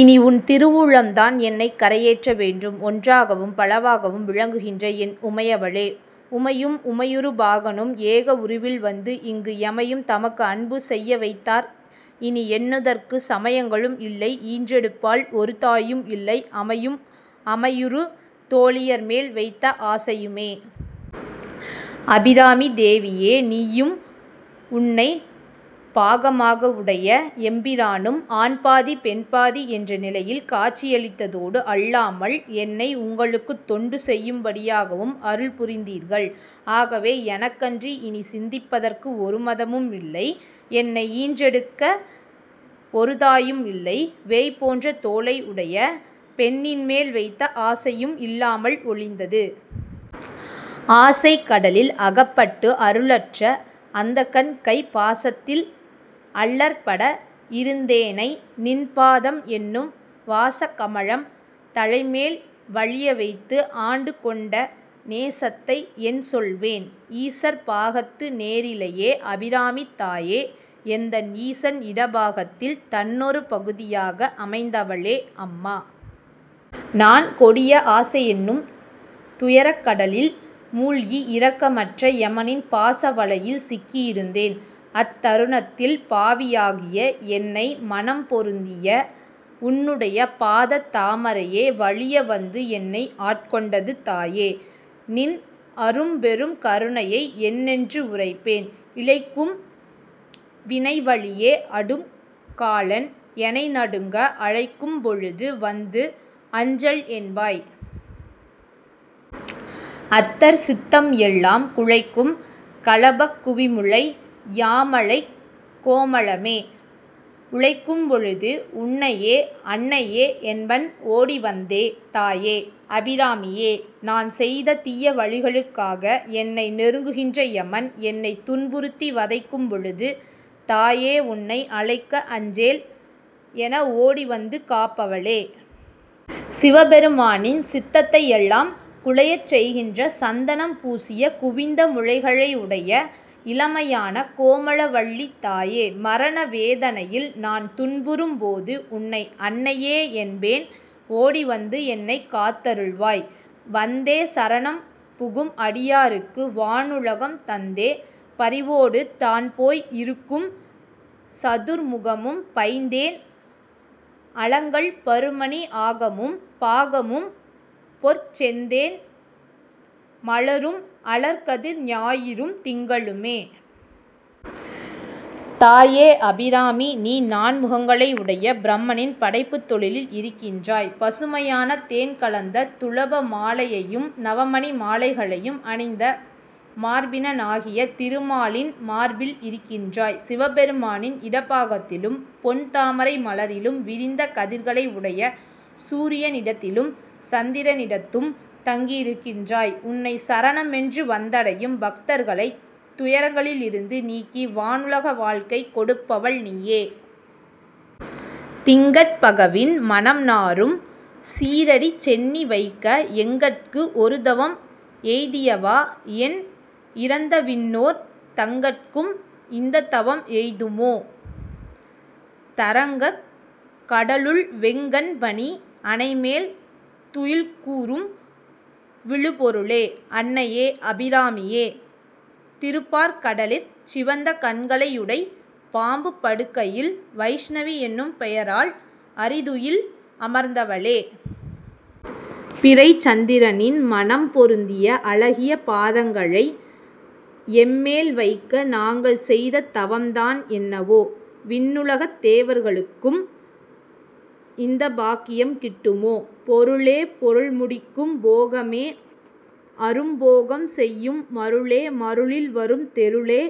இனி உன் திருவுளம்தான் என்னைக் கரை ஏற்ற வேண்டும். ஒன்றாகவும் பலவாகவும் விளங்குகின்ற என் உமையவளே! உமையும் உமையொருபாகனும் ஏக உருவில் வந்து இங்கு எமையும் தமக்கு அன்பு செய்யவைத்தார் இனி எண்ணுதற்குச் சமையங்களும் இல்லை ஈன்றெடுப்பாள் ஒரு தாயும் இல்லை அமையும் அமையுறு தோளியர்மேல் வைத்த ஆசையுமே. அபிராமித் தேவியே! நீயும் உன்னைப் பாகமாகவுடைய எம்பிரானும் ஆண்பாதி பெண்பாதி என்ற நிலையில் காட்சியளித்ததோடு அல்லாமல் என்னை உங்களுக்குத் தொண்டு செய்யும்படியாகவும் அருள்புரிந்தீர்கள். ஆகவே எனக்கன்றி இனிச் சிந்திப்பதற்கு ஒரு மதமும் இல்லை. என்னை ஈன்றெடுக்க ஒரு தாயும் இல்லை. வேய் போன்ற தோளையுடைய பெண்ணின் மேல் வைத்த ஆசையும் இல்லாமல் ஒழிந்தது. ஆசைக் கடலில் அகப்பட்டு அருளற்ற அந்தகன் கைப் பாசத்தில் அல்லற்பட இருந்தேனை நின் பாதம் என்னும் வாசக் கமலம் தலைமேல் வலிய வைத்து ஆண்டு கொண்ட நேசத்தை என் சொல்லுவேன்? ஈசர் பாகத்து நேரிழையே. அபிராமித்தாயே! எந்தன் ஈசன் இடப்பாகத்தில் தானொரு பகுதியாக அமைந்தவளே! அம்மா! நான் கொடிய ஆசையென்னும் துயரக் கடலில் மூழ்கி இரக்கமற்ற எமனின் பாச வலையில் சிக்கியிருந்தேன். அத் தருணத்தில் பாவியாகிய என்னை மணம் பொருந்திய உன்னுடைய பாதத் தாமரையே வலிய வந்து என்னை ஆட்கொண்டது! தாயே! நின் அரும்பெரும் கருணையை என்னென்று உரைப்பேன்! இழைக்கும் வினைவழியே அடும் காலன் எனை நடுங்க அழைக்கும் பொழுது வந்து அஞ்சல் என்பாய். அத்தர் சித்தம் எல்லாம் குழைக்கும் களபக் குவிமுலை யாமளைக் கோமளமே. உழைக்கும் பொழுது உன்னையே அன்னையே என்பன் ஓடிவந்தே தாயே! அபிராமியே! நான் செய்த தீய வழிகளுக்காக என்னை நெருங்குகின்ற எமன் என்னைத் துன்புறுத்தி வதைக்கும் பொழுது, தாயே உன்னை அழைக்க அஞ்சேல் என ஓடிவந்து காப்பவளே! சிவ பெருமானின் சித்தத்தையெல்லாம் குழையச் செய்கின்ற சந்தனம் பூசிய குவிந்த முலைகளையுடைய இளமையான கோமளவல்லித் தாயே! மரண வேதனையில் நான் துன்புறும் போது உன்னை அன்னையே என்பேன். ஓடிவந்து என்னைக் காத்தருள்வாய்! வந்தே சரணம் புகும் அடியாருக்கு வானுலகம் தந்தே பரிவொடு தான் போய் இருக்கும் சதுர்முகமும் பைந் தேன் அலங்கல் பரு மணி ஆகமும் பாகமும் பொற் செந் தேன் மலரும், அலர் கதிர் ஞாயிறும் திங்களுமே. தாயே! அபிராமி நீ நான்முகங்களையுடைய பிரம்மனின் படைப்புத் தொழிலில் இருக்கின்றாய்! பசுமையான தேன் கலந்த துபள மாலையையும் நவமணி மாலைகளையும் அணிந்த மார்பினனாகிய திருமாலின் மார்பில் இருக்கின்றாய்! சிவபெருமானின் இடப்பாகத்திலும் பொன் தாமரை மலரிலும் விரிந்த கதிர்களுடைய சூரியனிடத்திலும் சந்திரனிடத்தும் தங்கியிருக்கின்றாய். உன்னைச் சரணமென்று வந்தடையும் பக்தர்களைத் துயரங்களிலிருந்து நீக்கி வானுலக வாழ்வைக் கொடுப்பவள் நீயே. திங்கட் பகவின் மணம் நாறும் சீறடி சென்னி வைக்க எங்கட்கு ஒரு தவம் எய்தியவா எண் இறந்த விண்ணோர் தங்கட்கும் இந்தத் தவம் எய்துமோ? தரங்கக் கடலுள் வெங் கண் பணி அணைமேல் துயில்கூரும் விழுப்பொருளே. அன்னையே! அபிராமியே! திருப்பாற்கடலிற் சிவந்த கண்களையுடை பாம்புப் படுக்கையில் வைஷ்ணவி என்னும் பெயரால் அறிதுயில் அமர்ந்தவளே! பிறைச் சந்திரனின் மணம் பொருந்திய அழகிய பாதங்களை எம்மேல் வைக்க நாங்கள் செய்த தவம்தான் என்னவோ! விண்ணுலகத் தேவர்களுக்கும் இந்தப் பாக்கியம் கிட்டுமோ! பொருளே பொருள் முடிக்கும் போகமே அரும் போகம் செய்யும் மருளே மருளில் வரும் தெருளே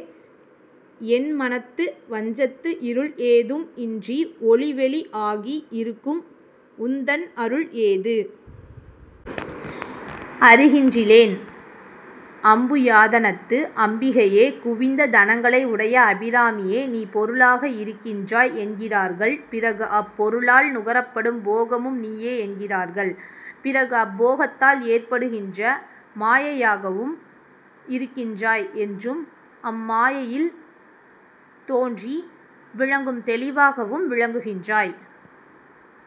என் மனத்து வஞ்சத்து இருள் ஏதும் இன்றி ஒளி வெளி ஆகி இருக்கும் உன்தன் அருள் ஏது. அறிகின்றிலேன் அம்புயாதனத்து அம்பிகையே. குவிந்த தனங்களையுடைய அபிராமியே! நீ பொருளாக இருக்கின்றாய் என்கிறார்கள். பிறகு அப்பொருளால் நுகரப்படும் போகமும் நீயே என்கிறார்கள். பிறகு அப்போகத்தால் ஏற்படுகின்ற மாயையாகவும் இருக்கின்றாய் என்றும், அம்மாயையில் தோன்றி விளங்கும் தெளிவாகவும் விளங்குகின்றாய்